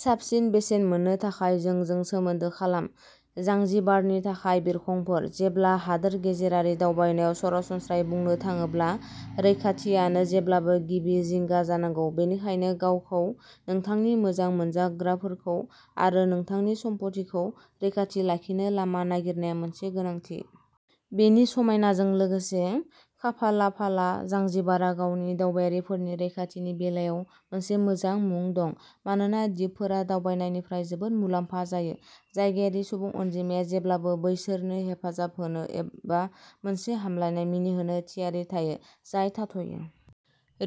साबसिन बेसेन मोननो थाखाय जोंजों सोमोन्दो खालाम। जांजिबारनि थाखाय बिरखंफोर। जेब्ला हादोर गेजेरारि दावबायनायाव, सरासनस्रायै बुंनो थाङोब्ला, रैखाथिानो जेब्लाबो गिबि जिंगा जानांगौ। बेनिखायनो गावखौ, नोंथांनि मोजां मोनजाग्राफोरखौ आरो नोंथांनि सम्फथिखौ रैखाथि लाखिनो लामा नागिरनाया मोनसे गोनांथि। बेनि समायनाजों लोगोसे, खाफालाफाला जांजिबारा गावनि दावबायारिफोरनि रैखाथिनि बेलायाव मोनसे मोजां मुं दं। मानोना दिपफोरा दावबायनायनिफ्राय जोबोद मुलाम्फा जायो, जायगायारि सुबुं अनजिमाया जेब्लाबो बैसोरनो हेफाजाब होनो एबा मोनसे हामलायनाय मिनिहोनो थियारि थायो, जाय थाथ'यो।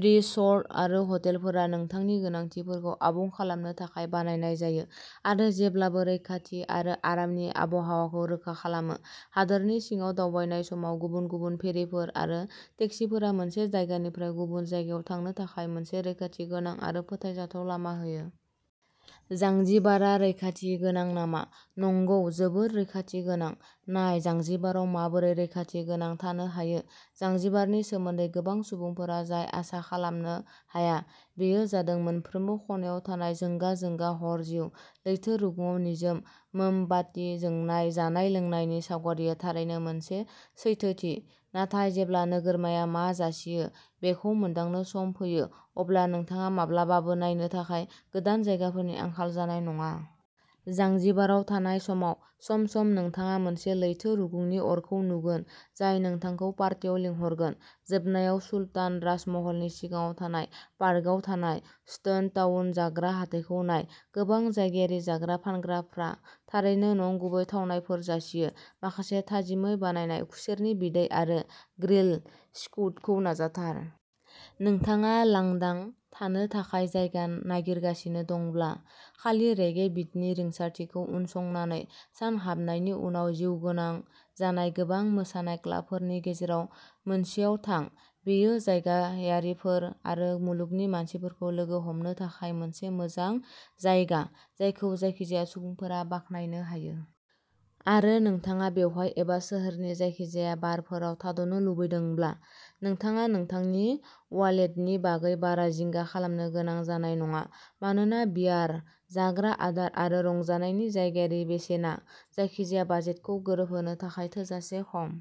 रिसर्ट आरो हटेलफोरा नोंथांनि गोनांथिफोरखौ आबुं खालामनो थाखाय बानायनाय जायो, आरो जेब्लाबो रैखाथि आरो आरामनि आबहावाखौ रोखा खालामो। हादोरनि सिङाव दावबायनाय समाव, गुबुन गुबुन फेरिफोर आरो टेक्सिफोरा मोनसे जायगानिफ्राय गुबुन जायगायाव थांनो थाखाय मोनसे रैखाथिगोनां आरो फोथायजाथाव लामा होयो। जांजिबारा रैखाथि गोनां नामा? नंगौ, जोबोद रैखाथि गोनां। नायः जांजिबाराव माबोरै रैखाथि गोनां थानो हायो। जांजिबारनि सोमोन्दै गोबां सुबुंफोरा जाय आसा खालामनो हाया, बेयो जादों मोनफ्रोमबो खनायाव थानाय जोंगा-जोंगा हर जिउ। लैथो रुगुंआव निजोम मोमबाति जोंनाय जानाय-लोंनायनि सावगारिआ थारैनो मोनसे सैथोथि, नाथाय जेब्ला नोगोरमाया मा जासियो बेखौ मोनदांनो सम फैयो, अब्ला नोंथाङा माब्लाबाबो नायनो थाखाय गोदान जायगाफोरनि आंखाल जानाय नङा। जांजिबाराव थानाय समाव सम-सम नोंथाङा मोनसे लैथो रुगुंनि अरखौ नुगोन, जाय नोंथांखौ पार्टियाव लिंहरगोन। जोबनायाव, सुल्तान राजमहलनि सिगाङाव थानाय पार्कआव थानाय स्टोन टाउन जाग्रा हाथाइखौ नाय। गोबां जायगायारि जाग्रा फानग्राफ्रा थारैनो नंगुबै थावनायफोर जासियो-माखासे थाजिमै बानायनाय खुसेरनि बिदै आरो ग्रिल्ड स्क्विडखौ नाजाथार। नोंथाङा लांदां थानो थाखाय जायगा नागिरगासिनो दंब्ला, खालि रेगे बिटनि रिंसारथिखौ उनसंनानै सानहाबनायनि उनाव जिउगोनां जानाय गोबां मोसानाय क्लाबफोरनि गेजेराव मोनसेयाव थां। बेयो जायगायारिफोर आरो मुलुगनि मानसिफोरखौ लोगो हमनो थाखाय मोनसे मोजां जायगा, जायखौ जायखिजाया सुबुंफोरा बाखनायनो हायो। आरो नोंथाङा बेवहाय एबा सोहोरनि जायखिजाया बारफोराव थाद'नो लुबैदोंब्ला, नोंथाङा नोंथांनि वालेटनि बागै बारा जिंगा खालामनो गोनां जानाय नङा, मानोना बियार, जाग्रा आदार आरो रंजानायनि जायगायारि बेसेना जायखिजाया बाजेटखौ गोरोबहोनो थाखाय थोजासे खम।